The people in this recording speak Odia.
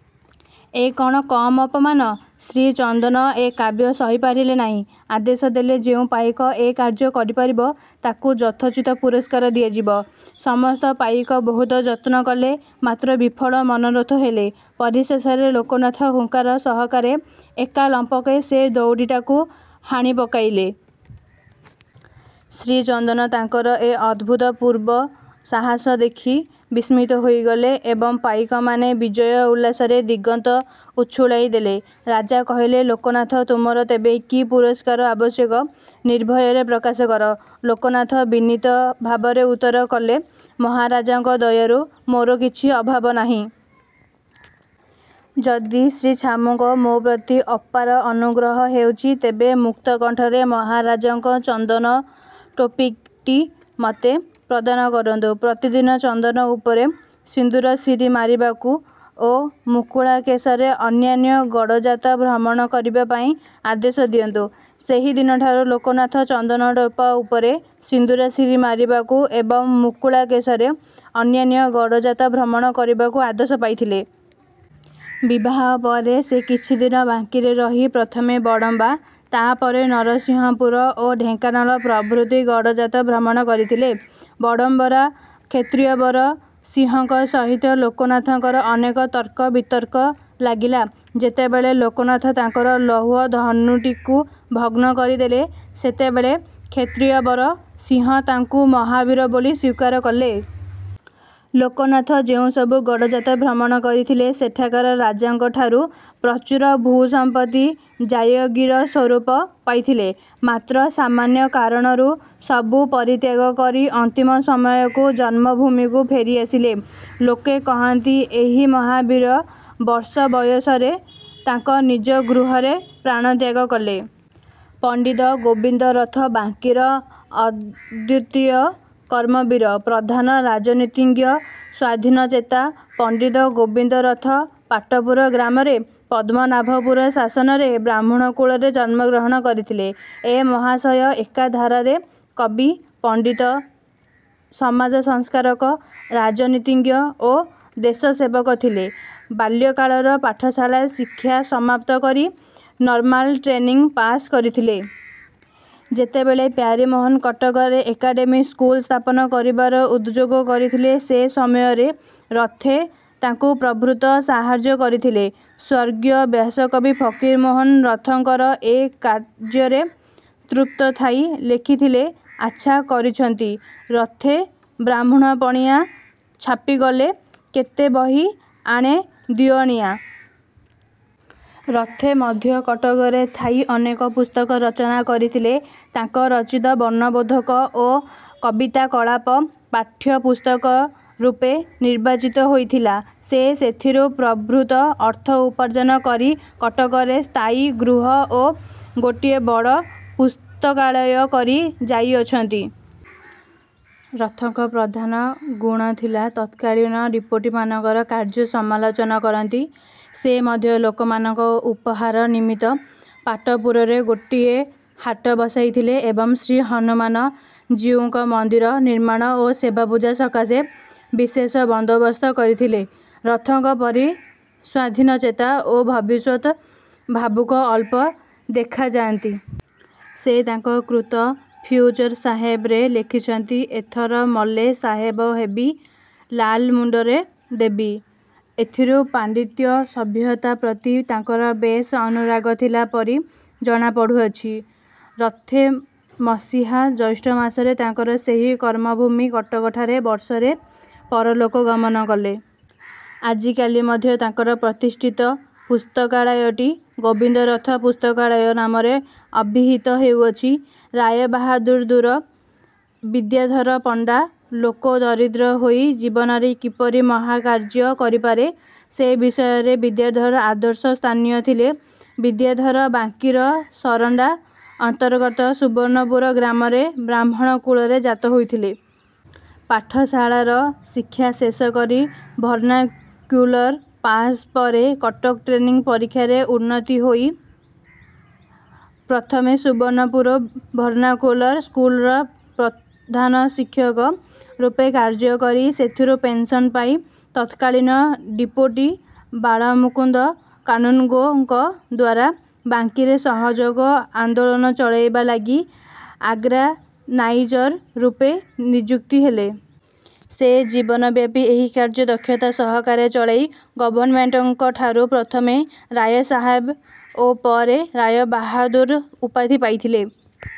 '' ଏ କ'ଣ କମ୍ ଅପମାନ! ଶ୍ରୀଚନ୍ଦନ ଏ ବାକ୍ୟ ସହିପାରିଲେ ନାହିଁ, ଆଦେଶ ଦେଲେ-ଯେଉଁ ପାଇକ ଏ କାର୍ଯ୍ୟ କରିପାରିବ, ତାକୁ ଯଥୋଚିତ ପୁରସ୍କାର ଦିଆଯିବ। ସମସ୍ତ ପାଇକ ବହୁତ ଯତ୍ନ କଲେ; ମାତ୍ର ବିଫଳ ମନୋରଥ ହେଲେ। ପରିଶେଷରେ ଲୋକନାଥ ହୁଙ୍କାର ସହକାରେ ଏକା ଲମ୍ପକେ ସେ ଦଉଡ଼ିଟାକୁ ହାଣି ପକାଇଲେ। ଶ୍ରୀଚନ୍ଦନ ତାଙ୍କର ଏ ଅଭୂତପୂର୍ବ ସାହାସ ଦେଖି ବିସ୍ମିତ ହୋଇଗଲେ ଏବଂ ପାଇକମାନେ ବିଜୟ ଉଲ୍ଲାସରେ ଦିଗନ୍ତ ଉଛୁଳାଇ ଦେଲେ। ରାଜା କହିଲେ, "ଲୋକନାଥ, ତୁମର ତେବେ କି ପୁରସ୍କାର ଆବଶ୍ୟକ, ନିର୍ଭୟରେ ପ୍ରକାଶ କର। '' ଲୋକନାଥ ବିନୀତ ଭାବରେ ଉତ୍ତର କଲେ, "ମହାରାଜାଙ୍କ ଦୟାରୁ ମୋର କିଛି ଅଭାବ ନାହିଁ। ଯଦି ଶ୍ରୀଛାମୁଙ୍କର ମୋପ୍ରତି ଅପାର ଅନୁଗ୍ରହ ହେଉଛି, ତେବେ ମୁକ୍ତକଣ୍ଠରେ ମହାରାଜାଙ୍କ ଚନ୍ଦନ ଟୋପିଟି ମୋତେ। ପ୍ରଦାନ କରନ୍ତୁ। ପ୍ରତିଦିନ ଚନ୍ଦନ ଉପରେ ସିନ୍ଦୂରଶିରି ମାରିବାକୁ ଓ ମୁକୁଳା କେଶରେ ଅନ୍ୟାନ୍ୟ ଗଡ଼ଜାତ ଭ୍ରମଣ କରିବାପାଇଁ ଆଦେଶ ଦିଅନ୍ତୁ। '' ସେହି ଦିନଠାରୁ ଲୋକନାଥ ଚନ୍ଦନ ଟୋପା ଉପରେ ସିନ୍ଦୂରଶିରି ମାରିବାକୁ ଏବଂ ମୁକୁଳା କେଶରେ ଅନ୍ୟାନ୍ୟ ଗଡ଼ଜାତ ଭ୍ରମଣ କରିବାକୁ ଆଦେଶ ପାଇଥିଲେ। ବିବାହ ପରେ ସେ କିଛି ଦିନ ବାଙ୍କୀରେ ରହି ପ୍ରଥମେ ବଡ଼ମ୍ବା, ତାପରେ ନରସିଂହପୁର ଓ ଢେଙ୍କାନାଳ ପ୍ରଭୃତି ଗଡ଼ଜାତ ଭ୍ରମଣ କରିଥିଲେ। ବଡ଼ମ୍ବାର କ୍ଷତ୍ରିୟବର ସିଂହଙ୍କ ସହିତ ଲୋକନାଥଙ୍କର ଅନେକ ତର୍କ ବିତର୍କ ଲାଗିଲା। ଯେତେବେଳେ ଲୋକନାଥ ତାଙ୍କର ଲୌହ ଧନୁଟିକୁ ଭଗ୍ନ କରିଦେଲେ, ସେତେବେଳେ କ୍ଷତ୍ରିୟବର ସିଂହ ତାଙ୍କୁ ମହାବୀର ବୋଲି ସ୍ଵୀକାର କଲେ। ଲୋକନାଥ ଯେଉଁସବୁ ଗଡ଼ଜାତ ଭ୍ରମଣ କରିଥିଲେ, ସେଠାକାର ରାଜାଙ୍କଠାରୁ ପ୍ରଚୁର ଭୂସମ୍ପତି ଜାୟଗିର ସ୍ୱରୂପ ପାଇଥିଲେ। ମାତ୍ର ସାମାନ୍ୟ କାରଣରୁ ସବୁ ପରିତ୍ୟାଗ କରି ଅନ୍ତିମ ସମୟକୁ ଜନ୍ମଭୂମିକୁ ଫେରି ଆସିଲେ। ଲୋକେ କହନ୍ତି, ଏହି ମହାବୀର ବର୍ଷ ବୟସରେ ତାଙ୍କ ନିଜ ଗୃହରେ ପ୍ରାଣତ୍ୟାଗ କଲେ। ପଣ୍ଡିତ ଗୋବିନ୍ଦ ରଥ ବାଙ୍କୀର ଅଦ୍ଵିତୀୟ କର୍ମବୀର, ପ୍ରଧାନ ରାଜନୀତିଜ୍ଞ, ସ୍ଵାଧୀନଚେତା, ପଣ୍ଡିତ ଗୋବିନ୍ଦ ରଥ ପାଟପୁର ଗ୍ରାମରେ ପଦ୍ମନାଭପୁର ଶାସନରେ ବ୍ରାହ୍ମଣ କୂଳରେ ଜନ୍ମଗ୍ରହଣ କରିଥିଲେ। ଏ ମହାଶୟ ଏକଧାରାରେ କବି, ପଣ୍ଡିତ, ସମାଜ−ସଂସ୍କାରକ, ରାଜନୀତିଜ୍ଞ ଓ ଦେଶସେବକ ଥିଲେ। ବାଲ୍ୟକାଳର ପାଠଶାଳା ଶିକ୍ଷା ସମାପ୍ତ କରି ନର୍ମାଲ ଟେନିଂ ପାଶ୍ କରିଥିଲେ। ଯେତେବେଳେ ପ୍ୟାରୀମୋହନ କଟକରେ ଏକାଡେମୀ ସ୍କୁଲ ସ୍ଥାପନ କରିବାର ଉଦଯୋଗ କରିଥିଲେ, ସେ ସମୟରେ ରଥେ ତାଙ୍କୁ ପ୍ରଭୂତ ସାହାଯ୍ୟ କରିଥିଲେ। ସ୍ଵର୍ଗୀୟ ବ୍ୟାସକବି ଫକୀରମୋହନ ରଥଙ୍କର ଏ କାର୍ଯ୍ୟରେ ତୃପ୍ତ ଥାଇ ଲେଖିଥିଲେ- "ଆଛା କରିଛନ୍ତି ରଥେ ବ୍ରାହ୍ମଣପଣିଆ ଛାପିଗଲେ କେତେ ବହି ଆନେ ଦ୍ଵିଅଣିଆ। '' ରଥେ ମଧ୍ୟ କଟକରେ ଥାଇ ଅନେକ ପୁସ୍ତକ ରଚନା କରିଥିଲେ। ତାଙ୍କ ରଚିତ "ବର୍ଣ୍ଣବୋଧକ" ଓ "କବିତାକଳାପ" ପାଠ୍ୟପୁସ୍ତକ ରୂପେ ନିର୍ବାଚିତ ହୋଇଥିଲା। ସେ ସେଥିରୁ ପ୍ରଭୂତ ଅର୍ଥ ଉପାର୍ଜନ କରି କଟକରେ ସ୍ଥାୟୀ ଗୃହ ଓ ଗୋଟିଏ ବଡ଼ ପୁସ୍ତକାଳୟ କରି ଯାଇଅଛନ୍ତି-। ରଥଙ୍କର ପ୍ରଧାନ ଗୁଣଥିଲା ତତ୍କାଳୀନ ଡିପୋଟିମାନଙ୍କର କାର୍ଯ୍ୟ ସମାଲୋଚନା କରନ୍ତି। ସେ ମଧ୍ୟ ଲୋକମାନଙ୍କ ଉପହାର ନିମିତ୍ତ ପାଟପୁରରେ ଗୋଟିଏ ହାଟ ବସାଇଥିଲେ ଏବଂ ଶ୍ରୀହନୁମାନ ଜୀଉଙ୍କ ମନ୍ଦିର ନିର୍ମାଣ ଓ ସେବାପୂଜା ସକାଶେ ବିଶେଷ ବନ୍ଦୋବସ୍ତ କରିଥିଲେ-। ରଥଙ୍କ ପରି ସ୍ଵାଧୀନଚେତା ଓ ଭବିଷ୍ୟତ୍ ଭାବୁକ ଅଳ୍ପ ଦେଖାଯାନ୍ତି। ସେ ତାଙ୍କ କୃତ "ଫିଉଚର୍ ସାହେବ"ରେ ଲେଖିଛନ୍ତି- "ଏଥର ମଲେ ସାହେବ ହେବି ଲାଲ ମୁଣ୍ଡରେ ଦେବି। '' ଏଥିରୁ ପାଣ୍ଡିତ୍ୟ ସଭ୍ୟତା ପ୍ରତି ତାଙ୍କର ବେଶ୍ ଅନୁରାଗ ଥିଲା ପରି ଜଣା ପଡ଼ୁଅଛି। ରଥେ ମସିହା ଜ୍ୟେଷ୍ଠମାସରେ ତାଙ୍କର ସେହି କର୍ମଭୂମି କଟକଠାରେ ବର୍ଷରେ ପରଲୋକ ଗମନ କଲେ। ଆଜିକାଲି ମଧ୍ୟ ତାଙ୍କ ପ୍ରତିଷ୍ଠିତ ପୁସ୍ତକାଳୟଟି "ଗୋବିନ୍ଦରଥ ପୁସ୍ତକାଳୟ'' ନାମରେ ଅଭିହିତ ହେଉଅଛି। ରାୟବାହାଦୂର ବିଦ୍ୟାଧର ପଣ୍ଡା ଲୋକ ଦରିଦ୍ର ହୋଇ ଜୀବନରେ କିପରି ମହତ୍କାର୍ଯ୍ୟ କହିପାରେ, ସେ ବିଷୟରେ ବିଦ୍ୟାଧର ଆଦର୍ଶସ୍ଥାନୀୟ ଥିଲେ। ବିଦ୍ୟାଧର ବାଙ୍କୀର ସରଣ୍ଡା ଅନ୍ତର୍ଗତ ସୁବର୍ଣ୍ଣପୁର ଗ୍ରାମରେ ବ୍ରାହ୍ମଣ କୁଳରେ ଜାତ ହୋଇଥିଲେ। ପାଠଶାଳାର ଶିକ୍ଷା ଶେଷ କରି ଭର୍ଣ୍ଣାକ୍ୟୁଲର ପାଶ୍ ପରେ କଟକ ଟ୍ରେନିଂ ପରୀକ୍ଷାରେ ଉତ୍ତୀର୍ଣ୍ଣ ହୋଇ ପ୍ରଥମେ ସୁବର୍ଣ୍ଣପୁର ଭର୍ଣ୍ଣାକ୍ୟୁଲର ସ୍କୁଲର ପ୍ରଧାନ ଶିକ୍ଷକ ରୂପେ କାର୍ଯ୍ୟ କରି ସେଥିରୁ ପେନସନ୍ ପାଇ ତତ୍କାଳୀନ ଡିପୋଟି ବାଳମୁକୁନ୍ଦ କାନୁନ୍ଗୋଙ୍କ ଦ୍ଵାରା ବାଙ୍କୀରେ ସହଯୋଗ ଆନ୍ଦୋଳନ ଚଳାଇବା ଲାଗି ଅର୍ଗାନାଇଜର ରୂପେ ନିଯୁକ୍ତ ହେଲେ। ସେ ଜୀବନ ବ୍ୟାପି ଏହି କାର୍ଯ୍ୟ ଦକ୍ଷତା ସହକାରେ ଚଳାଇ ଗଭର୍ଣ୍ଣମେଣ୍ଟଙ୍କଠାରୁ ପ୍ରଥମେ ରାୟସାହେବ ଓ ପରେ ରାୟବାହାଦୂର ଉପାଧି ପାଇଥିଲେ।